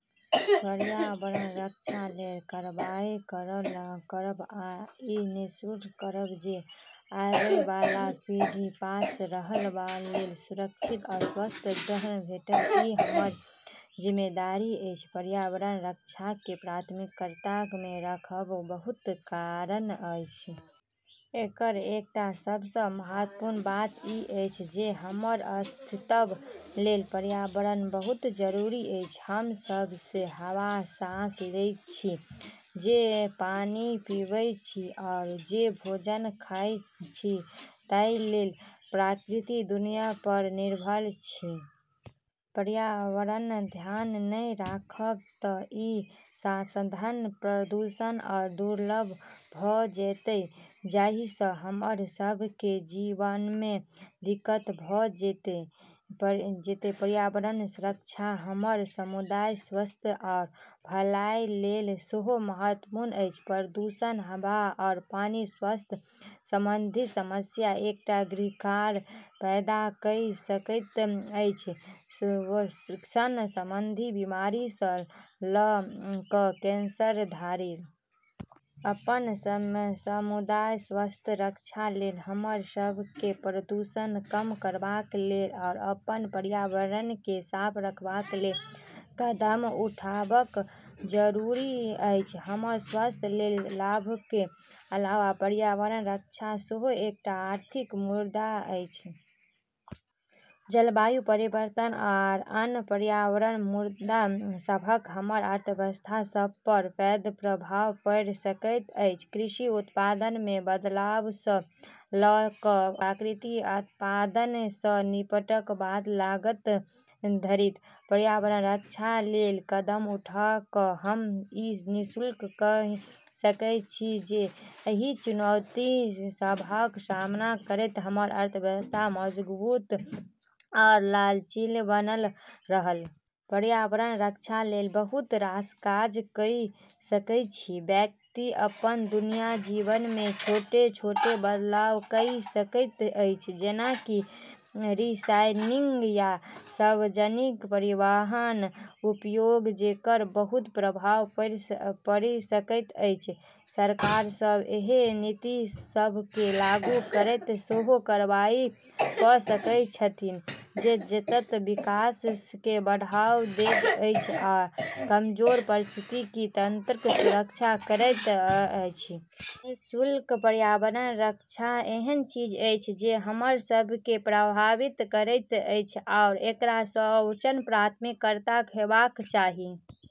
पर्यावरणक रक्षा लेल कार्रवाई करब आ ई सुनिश्चित करब जे आबए बला पीढ़ीक पास रहबा लेल सुरक्षित आ स्वस्थ ग्रह भेटए, ई हमर जिम्मेदारी अछि। पर्यावरण संरक्षणकेँ प्राथमिकता मे रखबाक बहुत कारण अछि। एकर एकटा सबसँ महत्वपूर्ण बात ई अछि जे हमर अस्तित्व लेल पर्यावरण बहुत जरूरी अछि। हम सभ जे हवा साँस लैत छी, जे पानि पीबैत छी, आ जे भोजन खाइत छी ताहि लेल प्राकृतिक दुनिया पर निर्भर छी। पर्यावरणक ध्यान नहि राखब तँ ई संसाधन प्रदूषित आ दुर्लभ भऽ जेतैक, जाहि सँ हमरा सभ केँ जीबामे दिक्कत भऽ जेतैक। पर्यावरण संरक्षण हमर समुदायक स्वास्थ्य आ भलाइ लेल सेहो महत्वपूर्ण अछि। प्रदूषित हवा आ पानि स्वास्थ्य संबंधी समस्याक एकटा श्रृंखला पैदा कइ सकैत अछि, श्वसन संबंधी बीमारी सँ लऽ कऽ कैंसर धरि। अपन समुदायक स्वास्थ्यक रक्षा लेल हमरा सभ केँ प्रदूषण कम करबा लेल आ अपन पर्यावरणकेँ साफ करबा लेल कदम उठाबबाक जरूरत अछि। हमर स्वास्थ्य लेल लाभक अलावा पर्यावरण संरक्षण सेहो एकटा आर्थिक मुद्दा अछि। जलवायु परिवर्तन आ अन्य पर्यावरणीय मुद्दा सभक हमर अर्थव्यवस्था सभ पर पैघ प्रभाव पड़ि सकैत अछि, कृषि उत्पादन मे बदलाव सँ लऽ कऽ प्राकृतिक आपदा सँ निपटबाक लागत धरि। पर्यावरणक रक्षा लेल कदम उठा कऽ हम ई सुनिश्चित कइ सकैत छी जे एहि चुनौती सभक सामना करैत हमर अर्थव्यवस्था मजबूत आ लचीला बनल रहए। पर्यावरणक रक्षा लेल बहुत रास काज कइ सकैत छी। व्यक्ति अपन दैनिक जीवन मे छोट-छोट बदलाव कइ सकैत अछि, जेना कि रिसाइकिलिंग या सार्वजनिक परिवहनक उपयोग, जेकर बहुत प्रभाव पड़ि सकैत अछि। सरकार सभ एहन नीति सभ केँ लागू करैत सेहो कार्रवाई कइ सकैत अछि जे सतत विकास केँ बढ़ावा दैत अछि आ कमजोर पारिस्थितिकी तंत्रक सुरक्षा करैत अछि। निष्कर्षतः पर्यावरण संरक्षण एहन चीज अछि जे हमरा सभ केँ प्रभावित करैत अछि, आ एकरा सर्वोच्च प्राथमिकता हेबाक चाही।